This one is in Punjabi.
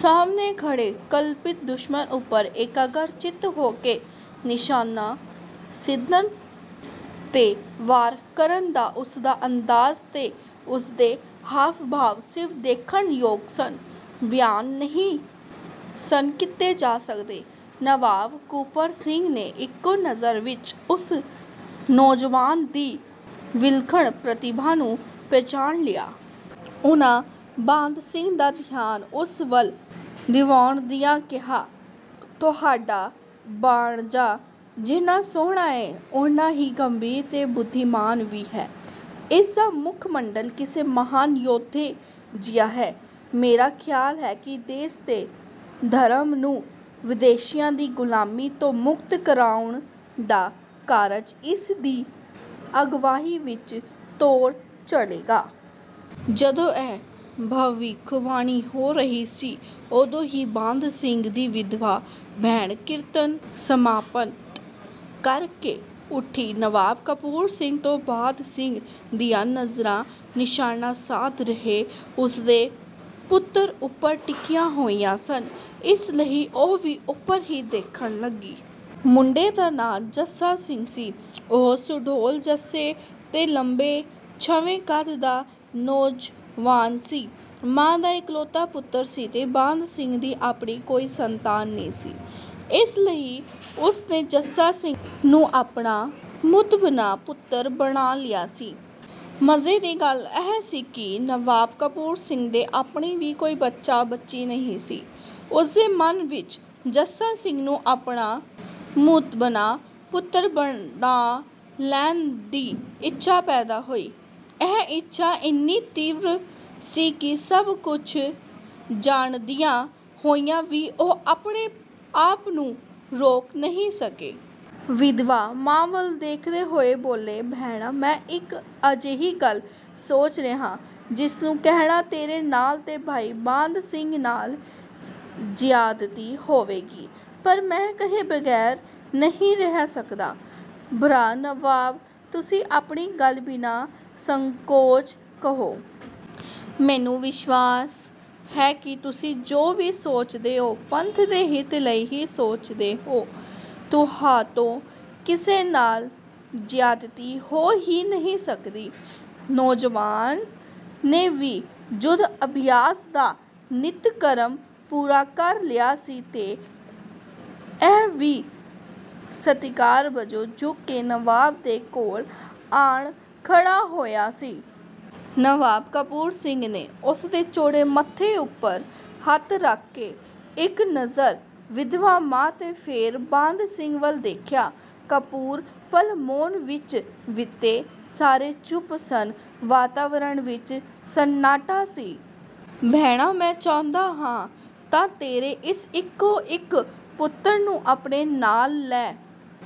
ਸਾਹਮਣੇ ਖੜ੍ਹੇ ਕਲਪਿਤ ਦੁਸ਼ਮਣ ਉੱਪਰ ਇਕਾਗਰ-ਚਿੱਤ ਹੋ ਕੇ ਨਿਸ਼ਾਨਾ ਸਿੰਨ੍ਹਣ ਤੇ ਵਾਰ ਕਰਨ ਦਾ ਉਸਦਾ ਅੰਦਾਜ਼ ਤੇ ਉਸਦੇ ਹਾਵ-ਭਾਵ ਸਿਰਫ਼ ਦੇਖਣ ਯੋਗ ਸਨ, ਬਿਆਨ ਨਹੀਂ ਸਨ ਕੀਤੇ ਜਾ ਸਕਦੇ। ਨਵਾਬ ਕੂਪਰ ਸਿੰਘ ਨੇ ਇੱਕੋ ਨਜ਼ਰ ਵਿੱਚ ਉਸ ਨੌਜਵਾਨ ਦੀ ਵਿਲੱਖਣ ਪ੍ਰਤਿਭਾ ਨੂੰ ਪਛਾਣ ਲਿਆ। ਉਹਨਾਂ ਬਾਘ ਸਿੰਘ ਦਾ ਧਿਆਨ ਉਸ ਵੱਲ ਦਿਵਾਉਂਦਿਆਂ ਕਿਹਾ, "ਤੁਹਾਡਾ ਭਾਣਜਾ ਜਿੰਨਾਂ ਸੋਹਣਾ ਏ, ਓਨਾਂ ਹੀ ਗੰਭੀਰ ਤੇ ਬੁੱਧੀਮਾਨ ਵੀ ਹੈ। ਇਸ ਦਾ ਮੁਖ-ਮੰਡਲ ਕਿਸੇ ਮਹਾਨ ਯੋਧੇ ਜਿਹਾ ਹੈ। ਮੇਰਾ ਖ਼ਿਆਲ ਹੈ ਕਿ ਦੇਸ਼ ਤੇ ਧਰਮ ਨੂੰ ਵਿਦੇਸ਼ੀਆਂ ਦੀ ਗ਼ੁਲਾਮੀ ਤੋਂ ਮੁਕਤ ਕਰਾਉਣ ਦਾ ਕਾਰਜ ਇਸ ਦੀ ਅਗਵਾਈ ਵਿੱਚ ਤੋੜ ਚੜ੍ਹੇਗਾ।" ਜਦੋਂ ਇਹ ਭਵਿੱਖਬਾਣੀ ਹੋ ਰਹੀ ਸੀ, ਉਦੋਂ ਹੀ ਬਾਧ ਸਿੰਘ ਦੀ ਵਿਧਵਾ ਭੈਣ ਕੀਰਤਨ ਸਮਾਪਤ ਕਰਕੇ ਉੱਠੀ। ਨਵਾਬ ਕਪੂਰ ਸਿੰਘ ਤੇ ਬਾਧ ਸਿੰਘ ਦੀਆਂ ਨਜ਼ਰਾਂ ਨਿਸ਼ਾਨਾ ਸਾਧ ਰਹੇ ਉਸਦੇ ਪੁੱਤਰ ਉੱਪਰ ਟਿਕੀਆਂ ਹੋਈਆਂ ਸਨ, ਇਸ ਲਈ ਉਹ ਵੀ ਉਧਰ ਹੀ ਦੇਖਣ ਲੱਗੀ। ਮੁੰਡੇ ਦਾ ਨਾਂ ਜੱਸਾ ਸਿੰਘ ਸੀ। ਉਹ ਸੁਡੌਲ ਜੱਸੇ ਤੇ ਲੰਮੇ-ਝੰਮੇ ਕੱਦ ਦਾ ਨੌਜਵਾਨ ਸੀ। ਮਾਂ ਦਾ ਇਕਲੌਤਾ ਪੁੱਤਰ ਸੀ ਤੇ ਬਾਂਧ ਸਿੰਘ ਦੀ ਆਪਣੀ ਕੋਈ ਸੰਤਾਨ ਨਹੀਂ ਸੀ, ਇਸ ਲਈ ਉਸ ਨੇ ਜੱਸਾ ਸਿੰਘ ਨੂੰ ਆਪਣਾ ਮੁਤਬੰਨਾ-ਪੁੱਤਰ ਬਣਾ ਲਿਆ ਸੀ। ਮਜੇ ਦੀ ਗੱਲ ਇਹ ਸੀ ਕਿ ਨਵਾਬ ਕਪੂਰ ਸਿੰਘ ਦੇ ਆਪਣੇ ਵੀ ਕੋਈ ਬੱਚਾ-ਬੱਚੀ ਨਹੀਂ ਸੀ। ਉਸਦੇ ਮਨ ਵਿੱਚ ਜੱਸਾ ਸਿੰਘ ਨੂੰ ਆਪਣਾ ਮੁਤਬੰਨਾ-ਪੁੱਤਰ ਬਣਾ ਲੈਣ ਦੀ ਇੱਛਾ ਪੈਦਾ ਹੋਈ। ਇਹ ਇੱਛਾ ਏਨੀ ਤੀਬਰ ਸੀ ਕਿ ਸਭ ਕੁਛ ਜਾਣਦਿਆਂ ਹੋਇਆਂ ਵੀ ਉਹ ਆਪਣੇ ਆਪ ਨੂੰ ਰੋਕ ਨਹੀਂ ਸਕੇ। ਵਿਧਵਾ ਮਾਂ ਵੱਲ ਦੇਖਦੇ ਹੋਏ ਬੋਲੇ, "ਭੈਣਾ ਮੈਂ ਇੱਕ ਅਜਿਹੀ ਗੱਲ ਸੋਚ ਰਿਹਾਂ, ਜਿਸ ਨੂੰ ਕਹਿਣਾ ਤੇਰੇ ਨਾਲ ਤੇ ਭਾਈ ਬਾਂਧ ਸਿੰਘ ਨਾਲ ਜ਼ਿਆਦਤੀ ਹੋਏਗੀ, ਪਰ ਮੈਂ ਕਹੇ ਬਗੈਰ ਨਹੀਂ ਰਹਿ ਸਕਦਾ।" "ਭਰਾ ਨਵਾਬ ਤੁਸੀਂ ਆਪਣੀ ਗੱਲ ਬਿਨਾਂ ਸੰਕੋਚ ਕਹੋ। ਮੈਨੂੰ ਵਿਸ਼ਵਾਸ ਹੈ ਕਿ ਤੁਸੀਂ ਜੋ ਵੀ ਸੋਚਦੇ ਓ ਪੰਥ ਦੇ ਹਿੱਤ ਲਈ ਹੀ ਸੋਚਦੇ ਓ। ਤੁਹਾਤੋਂ ਕਿਸੇ ਨਾਲ ਜ਼ਿਆਦਤੀ ਹੋ ਹੀ ਨਹੀਂ ਸਕਦੀ।" ਨੌਜਵਾਨ ਨੇ ਵੀ ਯੁੱਧ ਅਭਿਆਸ ਦਾ ਨਿੱਤ-ਕਰਮ ਪੂਰਾ ਕਰ ਲਿਆ ਸੀ ਤੇ ਇਹ ਵੀ ਸਤਿਕਾਰ ਵਜੋਂ ਝੁਕ ਕੇ ਨਵਾਬ ਦੇ ਕੋਲ ਆਣ ਖੜ੍ਹਾ ਹੋਇਆ ਸੀ। ਨਵਾਬ ਕਪੂਰ ਸਿੰਘ ਨੇ ਉਸਦੇ ਚੌੜੇ ਮੱਥੇ ਉੱਪਰ ਹੱਥ ਰੱਖ ਕੇ, ਇੱਕ ਨਜ਼ਰ ਵਿਧਵਾ ਮਾਂ ਤੇ ਫੇਰ ਬਾਂਧ ਸਿੰਘ ਵੱਲ ਦੇਖਿਆ। ਕਪੂਰ ਪਲ ਮੌਨ ਵਿੱਚ ਬੀਤੇ। ਸਾਰੇ ਚੁੱਪ ਸਨ। ਵਾਤਾਵਰਣ ਵਿੱਚ ਸੰਨਾਟਾ ਸੀ। "ਭੈਣਾ ਮੈਂ ਚਾਹੁੰਦਾ ਹਾਂ ਤੇਰੇ ਇਸ ਇੱਕੋ-ਇੱਕ ਪੁੱਤਰ ਨੂੰ ਆਪਣੇ ਨਾਲ ਲੈ